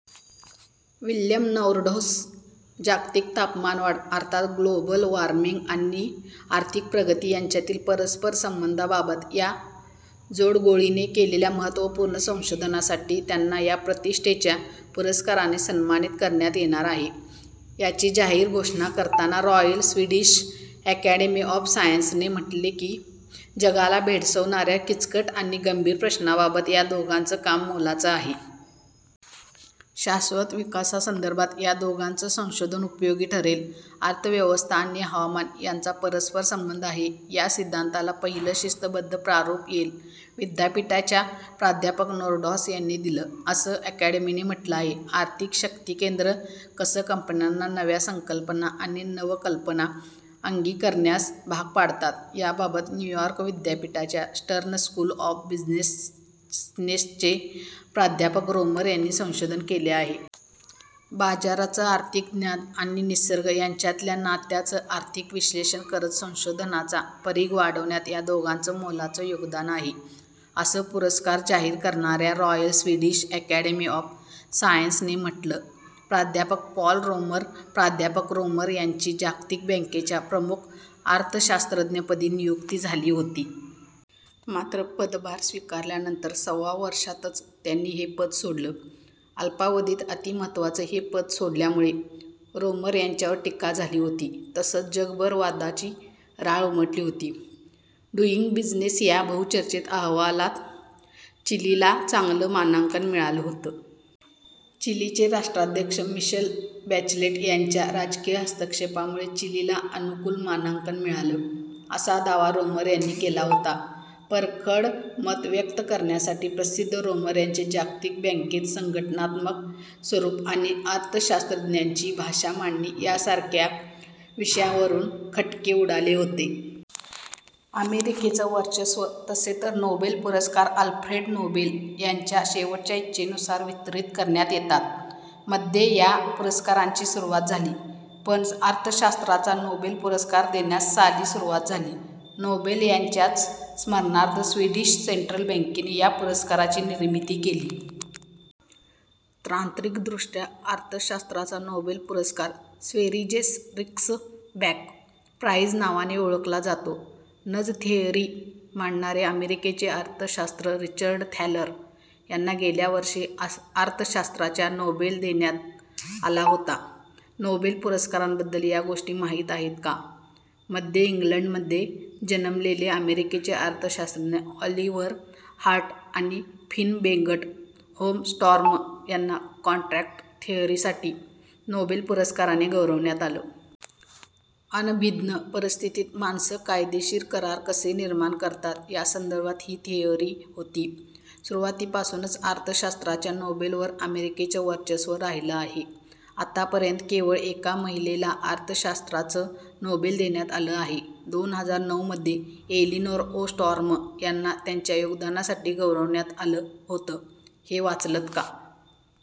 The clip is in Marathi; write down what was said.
विल्यम नौरढौस जागतिक तापमानवाढ अर्थात ग्लोबल वॉर्मिंग आणि आर्थिक प्रगती यांच्यातील परस्पर संबंधांबाबत या जोडगोळीने केलेल्या महत्त्वपूर्ण संशोधनासाठी त्यांना या प्रतिष्ठेच्या पुरस्काराने सन्मानित करण्यात येणार आहे. याची जाहीर घोषणा करताना रॉयल स्वीडिश अकॅडमी ऑफ सायन्सेसने म्हटलं की जगाला भेडसावणाऱ्या किचकट आणि गंभीर प्रश्नांबाबत या दोघांचं काम मोलाचं आहे. शाश्वत विकासासंदर्भात या दोघांचं संशोधन उपयोगी ठरेल. अर्थव्यवस्था आणि हवामान यांचा परस्परसंबंध आहे, या सिद्धांताला पहिलं शिस्तबद्ध प्रारूप येल विद्यापीठाच्या प्राध्यापक नोरढॉस यांनी दिलं, असं अकॅडमीने म्हटलं आहे. आर्थिक शक्तीकेंद्रं कसं कंपन्यांना नव्या संकल्पना आणि नवकल्पना अंगीकारण्यास भाग पाडतात, याबाबत न्यूयॉर्क विद्यापीठाच्या स्टर्न स्कूल ऑफ बिझनेसचे प्राध्यापक रोमर यांनी संशोधन केलं आहे. बाजाराचं आर्थिक ज्ञान आणि निसर्ग यांच्यातल्या नात्याचं आर्थिक विश्लेषण करत संशोधनाचा परीघ वाढवण्यात या दोघांचं मोलाचं योगदान आहे, असं पुरस्कार जाहीर करणाऱ्या रॉयल स्वीडिश अकॅडमी ऑफ सायन्सेसने म्हटलं. प्राध्यापक पॉल रोमर प्राध्यापक रोमर यांची जागतिक बँकेच्या प्रमुख अर्थशास्त्रज्ञपदी नियुक्ती झाली होती. मात्र पदभार स्वीकारल्यानंतर सव्वा वर्षातच त्यांनी हे पद सोडलं. अल्पावधीत अतिमहत्त्वाचं हे पद सोडल्यामुळे रोमर यांच्यावर टीका झाली होती तसंच जगभर वादाची राळ उमटली होती. डुइंग बिझनेस या बहुचर्चित अहवालात चिलीला चांगलं मानांकन मिळालं होतं. चिलीचे राष्ट्राध्यक्ष मिशेल बॅचलेट यांच्या राजकीय हस्तक्षेपामुळे चिलीला अनुकूल मानांकन मिळालं, असा दावा रोमर यांनी केला होता. परखड मतं व्यक्त करण्यासाठी प्रसिद्ध रोमर यांचे जागतिक बँकेत संघटनात्मक स्वरूप आणि अर्थशास्त्रज्ञांची भाषा मांडणी सारख्या विषयांवरून खटके उडाले होते. अमेरिकेचं वर्चस्व तसे तर नोबेल पुरस्कार अल्फ्रेड नोबेल यांच्या शेवटच्या इच्छेनुसार वितरित करण्यात येतात. मध्ये या पुरस्कारांची सुरुवात झाली. पण अर्थशास्त्राचा नोबेल पुरस्कार देण्यास साली सुरुवात झाली. नोबेल यांच्याच स्मरणार्थ स्वीडिश सेंट्रल बँकेने या पुरस्काराची निर्मिती केली. तांत्रिकदृष्ट्या अर्थशास्त्राचा नोबेल पुरस्कार स्वेरिजेस रिक्सबँक प्राइज नावाने ओळखला जातो. नज थिअरी मांडणारे अमेरिकेचे अर्थशास्त्र रिचर्ड थॅलर यांना गेल्या वर्षी अर्थशास्त्राच्या नोबेल देण्यात आला होता. नोबेल पुरस्कारांबद्दल या गोष्टी माहीत आहेत का? मध्ये इंग्लंडमध्ये जन्मलेले अमेरिकेचे अर्थशास्त्रज्ञ ऑलिव्हर हार्ट आणि फिन बेंगट होमस्टॉर्म यांना कॉन्ट्रॅक्ट थिअरीसाठी नोबेल पुरस्काराने गौरवण्यात आलं. अनभिज्ञ परिस्थितीत माणसं कायदेशीर करार कसे निर्माण करतात यासंदर्भात ही थिअरी होती. सुरुवातीपासूनच अर्थशास्त्राच्या नोबेलवर अमेरिकेचं वर्चस्व राहिलं आहे. आतापर्यंत केवळ एका महिलेला अर्थशास्त्राचं नोबेल देण्यात आलं आहे. दोन हजार नऊमध्ये एलिनोर ओस्टॉर्म यांना त्यांच्या योगदानासाठी गौरवण्यात आलं होतं. हे वाचलंत का?